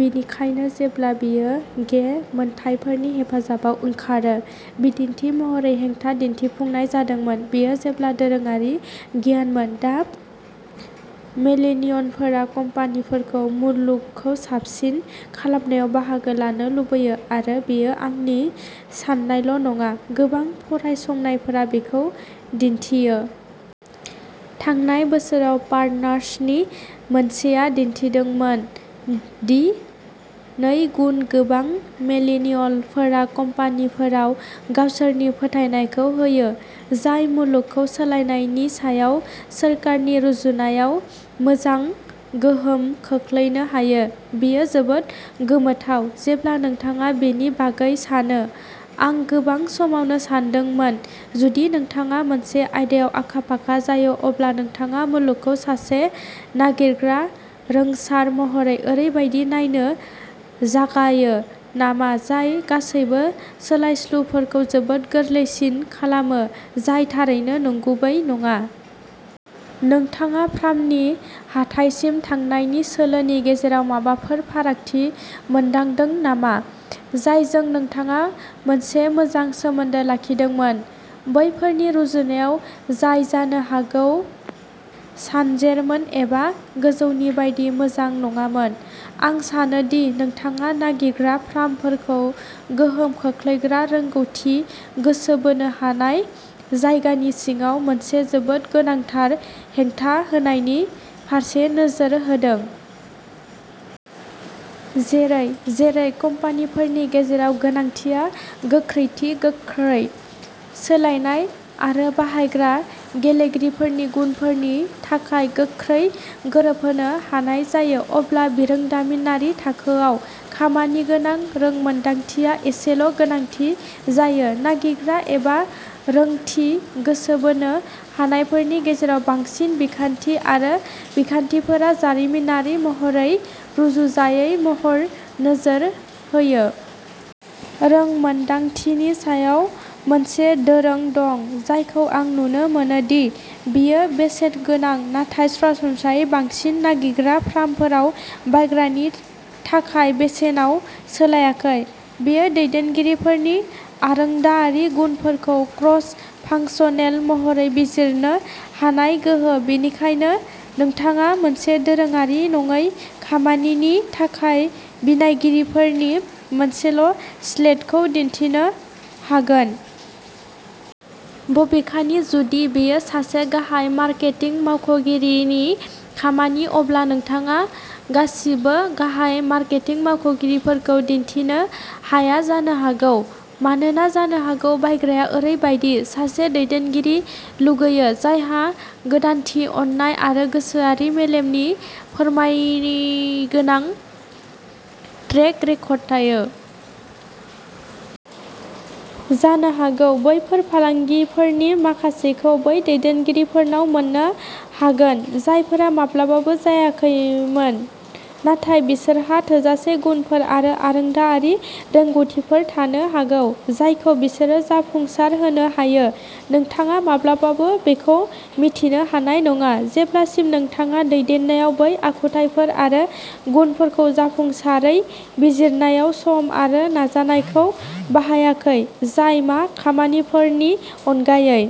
बेनिखायनो जेब्ला बेयो गे मोनथायफोरनि हेफाजाबाव ओंखारो, बिदिन्थि महरै, हेंथा दिन्थिफुंनाय जादोंमोन। बेयो जेब्लाबो दोरोङारि गियानमोन। दा, मिलेनियेलफोरा कम्पानिफोरखौ मुलुगखौ साबसिन खालामनायाव बाहागो लानो लुबैयो। आरो बेयो आंनि साननायल'नङा; गोबां फरायसंनायफोरा बेखौ दिन्थियो। थांनाय बोसोराव पार्टनार्सनि मोनसेया दिन्थिदोंमोन दि नैगुन गोबां मिलेनियेलफोरा कम्पानिफोराव गावसोरनि फोथायनायखौ होयो जाय मुलुगखौ सोलायनायनि सायाव सोरखारनि रुजुनायाव मोजां गोहोम खोख्लैनो हायो। बेयो जोबोद गोमोथाव, जेब्ला नोंथाङा बेनि बागै सानो। आं गोबां समावनो सानदोंमोनः जुदि नोंथाङा मोनसे आयदायाव आखा-फाखा जायो, अब्ला नोंथाङा मुलुगखौ सासे नागिरग्रा रोंग'सार महरै ओरैबायदि नायनो जागायो नामा जाय गासैबो सोलायस्लुफोरखौ जोबोद गोरलैसिन खालामो, जाय थारैनो नंगुबै नङा? नोंथाङा फार्मनि हाथाइसिम थांनायनि सोलोनि गेजेराव माबाफोर फारागथि मोनदांदों नामा, जायजों नोंथाङा मोनसे मोजां सोमोन्दो लाखिदोंमोन? बैफोरनि रुजुनायाव जाय जानो हागौ सानजेरमोन एबा गोजौनि बायदि मोजां नङामोन? आं सानो दि नोंथाङा नागिरग्रा फार्मफोरखौ गोहोम खोख्लैग्रा रोंग'थि गोसो बोनो हानाय जायगानि सिङाव मोनसे जोबोद गोनांथार हेंथा होनायनि फारसे नोजोर होदों। जेरै-जेरै कम्पानिफोरनि गेजेराव गोनांथिआ गोख्रैथि, गोख्रै सोलायनाय आरो बाहायग्रा गेलेगिरिफोरनि गुनफोरनि थाखाय गोख्रै गोरोबहोनो हानाय जायो, अब्ला बिरोंदामिनारि थाखोआव खामानिगोनां रोंमोनदांथिया एसेल'गोनांथि जायो। नागिरग्रा आरो रोंग'थि गोसो बोनो हानायफोरनि गेजेराव बांसिन बिखान्थि आरो बिखान्थिफोरा जारिमिनारि महरै रुजुजायै महरै नोजोर होयो। रोंमोन्दांथिनि सायाव। मोनसे दोरों दं जायखौ आं नुनो मोनो दि बेयो बेसेनगोनां नाथाय सरासनस्रायै बांसिन नागिरग्रा फार्मफोराव बायग्रानि थाखाय बेसेनाव सोलायाखै। बेयो दैदेनगिरिफोरनि आरोंदायारि गुनफोरखौ क्रस-फांसनेल महरै बिजिरनो हानाय गोहो, बेनिखायनो नोंथाङा मोनसे दोरोङारि नङै खामानिनि थाखाय बिनायगिरिफोरनि मोनसे स्लेटखौ दिन्थिनो हागोन। बबेखानि, जुदि बेयो सासे गाहाय मार्केटिं मावख'गिरिनि खामानि, अब्ला नोंथाङा गासिबो गाहाय मार्केटिं मावख'गिरिफोरखौ दिन्थिनो हाया जानो हागौ। मानोना जानो हागौ बायग्राया ओरैबायदि सासे दैदेनगिरि लुगैयो जायहा गोदानथि, अननाय आरो गोसोआरि मेलेमनि फोरमानगोनां ट्रेक रेकर्ड थायो। जानो हागौ, बैफोर फालांगिफोरनि माखासेखौ बै दैदेनगिरिफोरनाव मोन्नो हागोन जायफोरा माब्लाबाबो जायाखैमोन, नाथाय बिसोरहा थोजासे गुनफोर आरो आरोंदायारि रोंग'थिफोर थानो हागौ जायखौ बिसोरो जाफुंसारहोनो हायो। नोंथाङा माब्लाबाबो बेखौ मिन्थिनो हानाय नङा जेब्लासिम नोंथाङा दैदेननायाव बै आखुथायफोर आरो गुनफोरखौ जाफुंसारै बिजिरनायाव सम आरो नाजानायखौ बाहायाखै जाय मा खामानिफोरनि अनगायै।